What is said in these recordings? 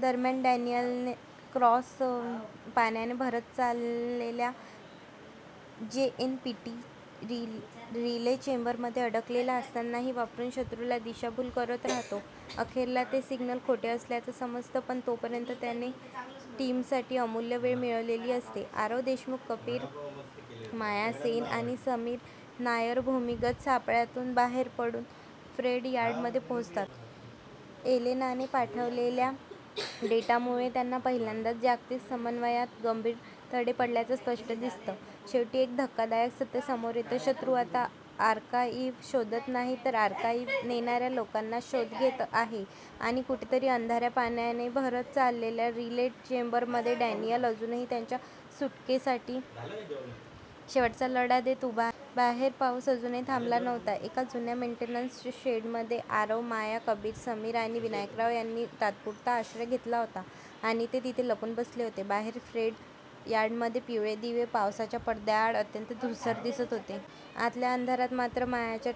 दरम्यान Daniel Cross पाण्याने भरत चाललेल्या जेएनपीटी रिले चेंबरमध्ये अडकलेला असतानाही वापरून शत्रूला दिशाभूल करत राहतो. अखेरला ते सिग्नल खोटे असल्याचं समजतं, पण तोपर्यंत त्याने टीमसाठी अमूल्य वेळ मिळवलेली असते. आरव देशमुख, कबीर, माया सेन आणि समीर नायर भूमिगत सापळ्यातून बाहेर पडून फ्रेट यार्डमध्ये पोहोचतात. एलेनाने पाठवलेल्या डेटामुळे त्यांना पहिल्यांदाच जागतिक समन्वयात गंभीर तडे पडल्याचं स्पष्ट दिसतं. शेवटी एक धक्कादायक सत्य समोर येतं. शत्रू आता आर्काइव्ह शोधत नाही, तर आर्काइव्ह नेणाऱ्या लोकांचा शोध घेत आहे आणि कुठेतरी अंधाऱ्या, पाण्याने भरत चाललेल्या रिले चेंबरमध्ये डॅनियल अजूनही त्यांच्या सुटकेसाठी शेवटचा लढा देत उभा आहे. बाहेर पाऊस अजूनही थांबला नव्हता. एका जुन्या मेंटेनन्स शेडमध्ये आरव, माया, कबीर, समीर आणि विनायकराव यांनी तात्पुरता आश्रय घेतला होता आणि ते तिथे लपून बसले होते. बाहेर फ्रेट यार्डमधले पिवळे दिवे पावसाच्या पडद्याआड अत्यंत धूसर दिसत होते. आतल्या अंधारात मात्र मायाच्या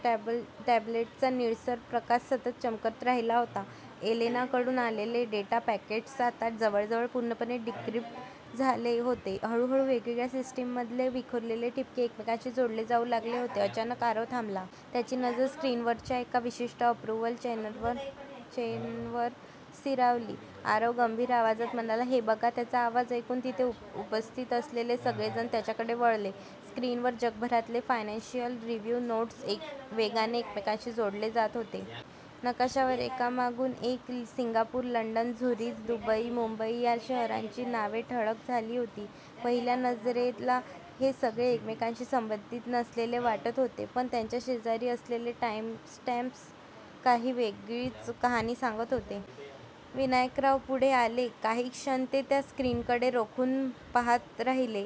टॅब्लेटचा निळसर प्रकाश सतत चमकत राहिला होता. एलेनाकडून आलेले डेटा पॅकेट्स आता जवळजवळ पूर्णपणे डिक्रिप्ट झाले होते. हळूहळू वेगवेगळ्या सिस्टीम्समधले विखुरलेले ठिपके एकमेकांशी जोडले जाऊ लागले होते. अचानक आरव थांबला. त्याची नजर स्क्रीनवरच्या एका विशिष्ट अप्रूव्हल चेनवर स्थिरावली. आरव गंभीर आवाजात म्हणाला, "हे बघा. " त्याचा आवाज ऐकून तिथे उपस्थित असलेले सगळे जण त्याच्याकडे वळले. स्क्रीनवर जगभरातले फायनान्शियल रिव्ह्यू नोड्स वेगाने एकमेकांशी जोडले जात होते. नकाशावर एकामागून एक Singapore, London, Zurich, Dubai, Mumbai या शहरांची नावे ठळक झाली होती. पहिल्या नजरेला हे सगळे एकमेकांशी संबंधित नसलेले वाटत होते, पण त्यांच्या शेजारी असलेले टाईमस्टॅम्प्स काही वेगळीच कहाणी सांगत होते. विनायकराव पुढे आले. काही क्षण ते त्या स्क्रीनकडे रोखून पाहत राहिले.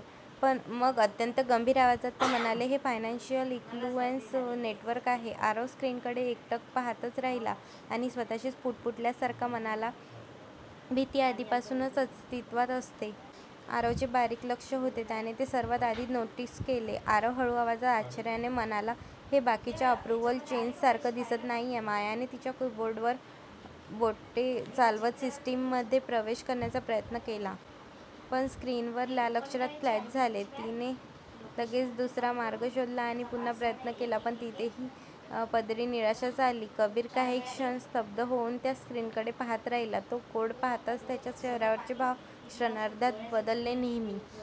मग अत्यंत गंभीर आवाजात ते म्हणाले, "हे फायनान्शियल इन्फ्लुएन्स नेटवर्क आहे. " आरव स्क्रीनकडे एकटक पाहतच राहिला आणि स्वतःशीच पुटपुटल्यासारखा म्हणाला, "भीती आधीपासूनच अस्तित्वात असते. " आरवचे बारीक लक्ष होते, त्याने ते सर्वात आधी नोटीस केले. आरव हळू आवाजात, आश्चर्याने म्हणाला, "हे बाकीच्या अप्रूव्हल चेन्स सारखं दिसत नाहीये. " मायाने तिच्या कीबोर्डवर बोटे चालवत सिस्टीममध्ये प्रवेश करण्याचा प्रयत्न केला. पण स्क्रीनवर लाल अक्षरात फ्लॅश झाले. तीने लगेच दुसरा मार्ग शोधला आणि पुन्हा प्रयत्न केला, पण तिथेही पदरी निराशाच आली. कबीर काही क्षण स्तब्ध होऊन त्या स्क्रीनकडे पाहत राहिला. तो कोड पाहताच त्याच्या चेहऱ्यावरचे भाव क्षणार्धात बदलले. नेहमी